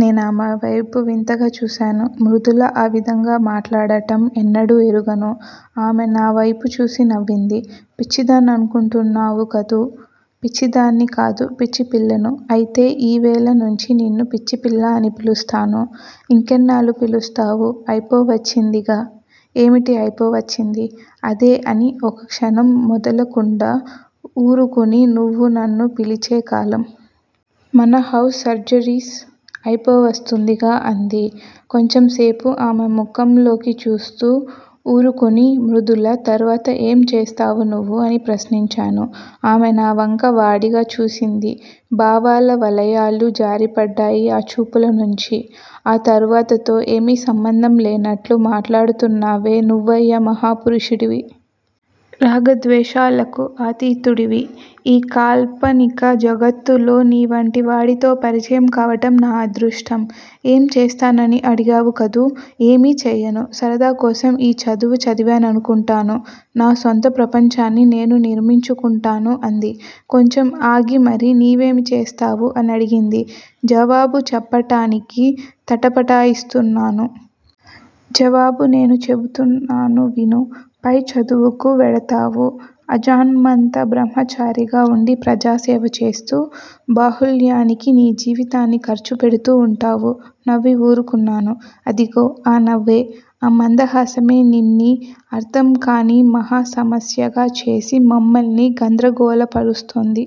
నేనామెవైపు వింతగా చూశాను. మృదుల ఆ విధంగా మాట్లాడటం ఎన్నడూ ఎరుగను. ఆమె నావైపు చూసి నవ్వింది. పిచ్చిదాన్ననుకుంటున్నావు కదూ! పిచ్చిదాన్ని కాదు పిచ్చిపిల్లను. అయితే యివేళ నుంచి నిన్ను 'పిచ్చిపిల్లా' అని పిలుస్తాను. ఇంకెన్నాళ్ళు పిలుస్తావు? అయిపోవచ్చిందిగా ఏమిటి అయిపోవచ్చింది? అదే అని ఒకక్షణం మెదలకుండా ఊరుకుని నువ్వు నన్ను పిలిచేకాలం. మన హౌస్ సర్జన్సీ అయిపోవస్తుందిగా అంది. కొంచెంసేపు ఆమె ముఖంలోకి చూస్తూ ఊరుకుని మృదులా! తర్వాత ఏం చేస్తావు నువ్వు? అని ప్రశ్నించాను. ఆమె నావంక వాడిగా చూసింది భావాల వలయాలు జారిపడ్డాయి ఆ చూపులనుంచి. ఆ తర్వాతతో ఏమీ సంబంధంలేనట్లు మాట్లాడుతున్నావే నువ్వయ్యా మహా పురుషుడివి. రాగద్వేషాలకు అతీతుడివి. ఈ కాల్పనిక జగత్తులో నీలాంటివాడిలో పరిచయం కావటం నా అదృష్టం. ఏం చేస్తానని అడిగావు కదూ! ఏమీ చెయ్యను. సరదాకోసం యీ చదువు చదివాననుకుంటాను. నా సొంత ప్రపంచాన్ని నేను నిర్మించుకుంటాను అంది. కొంచెం ఆగి మరి నీవేమి చేస్తావు? అనడిగింది. జవాబు చెప్పటానికి తటపటాయిస్తున్నాను. జవాబు నేను చెపుతున్నాను విను. పై చదువుకు వెడతావు. ఆజన్మాంత బ్రహ్మచారిగా వుండి ప్రజాసేవ చేస్తూ బాహుళ్యానికి నీ జీవితాన్ని ఖర్చు పెడుతూ వుంటావు. నవ్వి ఊరుకున్నాను. అదిగో ఆ నవ్వే, ఆ మందహాసమే నిన్నీ అర్ధంకాని మహా సమస్యగా చేసి మమ్మల్ని గంద్రగోళ పరుస్తోంది.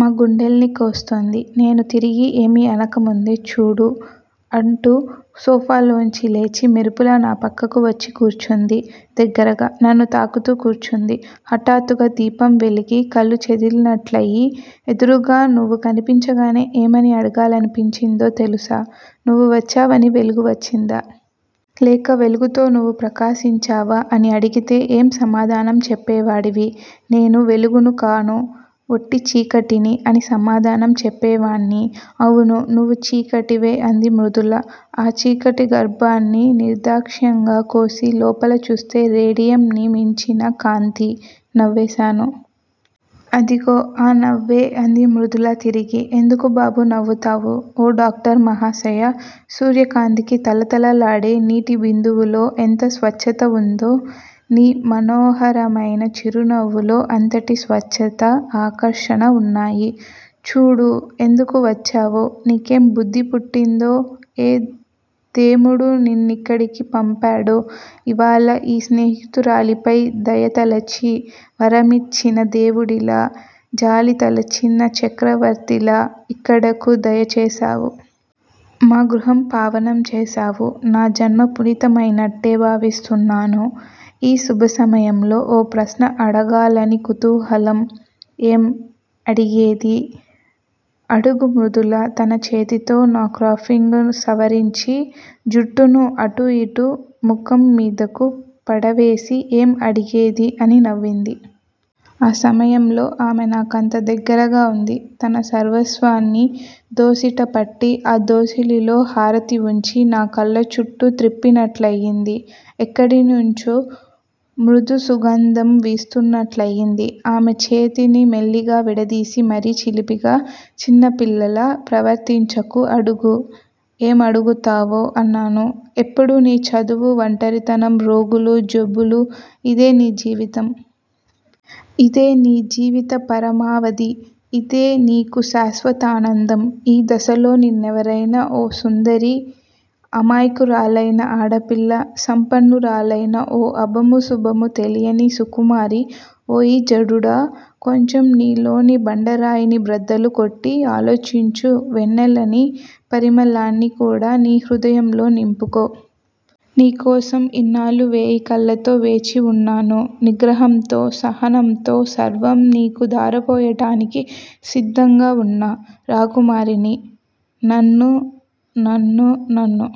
మా గుండెల్ని కోస్తుంది. నేను తిరిగి ఏమీ అనక ముందే చూడూ! అంటూ సోఫాలోంచి లేచి, మెరుపులా నా ప్రక్కకు వచ్చి కూర్చుంది. దగ్గరగా, నన్ను తాకుతూ కూర్చుంది. హటాత్తుగా దీపం వెలిగి, కళ్ళు చెదిరినట్లయి ఎదురుగా నువ్వు కనిపించగానే ఏమని అడగాలనిపించిందో తెలుసా? నువ్వు వచ్చావని వెలుగు వచ్చిందా? లేక వెలుగుతో నువ్వు ప్రకాశించావా? ' అని. అడిగితే ఏం సమాధానం చెప్పేవాడివి? నేను వెలుగునుకాను. వొట్టి చీకటిని! అని సమాధానం చెప్పేవాణ్ని. అవును, నువ్వు చీకటివే అంది మృదుల. ఆ చీకటి గర్భాన్ని నిర్ధాక్షిణ్యంగా కోసి, లోపల చూస్తే రేడియమ్ ని మించిన కాంతి నవ్వేశాను. అదిగో ఆ నవ్వే అంది మృదుల తిరిగి. ఎందుకు బాబూ! నవ్వుతావు! ఓ డాక్టర్ మహాశయా! సూర్యకాంతికి తళతళలాడే నీటి బిందువులో ఎంత స్వచ్చత వుందో, నీ మనోహరమైన చిరునవ్వులో అంతటి స్వచ్చతా, ఆకర్షణా వున్నాయి. చూడూ! ఎందుకు వచ్చావో, నీకేం బుద్ధి పుట్టిందో, ఏ దేముడు నిన్నిక్కడికి పంపాడో యివాళ యీ స్నేహితురాలిపై దయతలచి, వరమిచ్చిన దేవుడిలా, జాలితలచిన చక్రవర్తిలా యిక్కడకు దయ చేశావు. మా గృహం పావనం చేశావు. నా జన్మ పునీతమైనట్టే భావిస్తున్నాను. ఈ శుభసమయంలో ఒక ప్రశ్న అడగాలని కుతూహలం. ఏం? అడిగేదీ? అడుగు మృదుల తన చేతితో నా క్రాఫింగు సవరించి, జుట్టును అటూ యిటూ, ముఖం మీదకు పడవేసి ఏం అడిగేదీ? అని నవ్వింది. ఆ సమయంలో ఆమె నాకెంత దగ్గరగా వుంది! తన సర్వస్వాన్నీ దోసిట పట్టి, ఆ దోసిలిలో హారతి వుంచి, నా కళ్ళచుట్టు త్రిప్పినట్లయింది. ఎక్కడినుంచో మృదు సుగంధం వీస్తున్నట్లయింది. ఆమె చేతిని మెల్లిగా విడదీసి మరీ చిలిపిగా, చిన్నపిల్లలా ప్రవర్తించకు! అడుగు. ఏమడుగుతావో అన్నాను. ఎప్పుడూ నీ చదువు, వంటరితనం, రోగులు, జబ్బులు_యిదే నీ జీవితం. ఇదే నీ జీవిత పరమావధి. ఇదే నీకు శాశ్వతానందం. ఈ దశలో నిన్నెవరైనా ఓ సుందరి, అమాయకురాలైన ఆడపిల్ల సంపన్నురాలైన ఓ అభమూ శుభమూ తెలియని సుకుమారి 'ఓయి జడుడా! కొంచెం నీలోని బండరాయిని బ్రద్దలు కొట్టి ఆలోచించు. వెన్నెలనీ, పరిమళాన్నీ కూడా నీ హృదయంలో నింపుకో. నీకోసం యిన్నాళ్ళు వెయ్యి కళ్ళతో వేచివున్నాను. నిగ్రహంతో, సహనంతో సర్వం నీకు ధారపోయటానికి సిద్ధంగా వున్న రాకుమారిని. నన్ను నన్ను నన్ను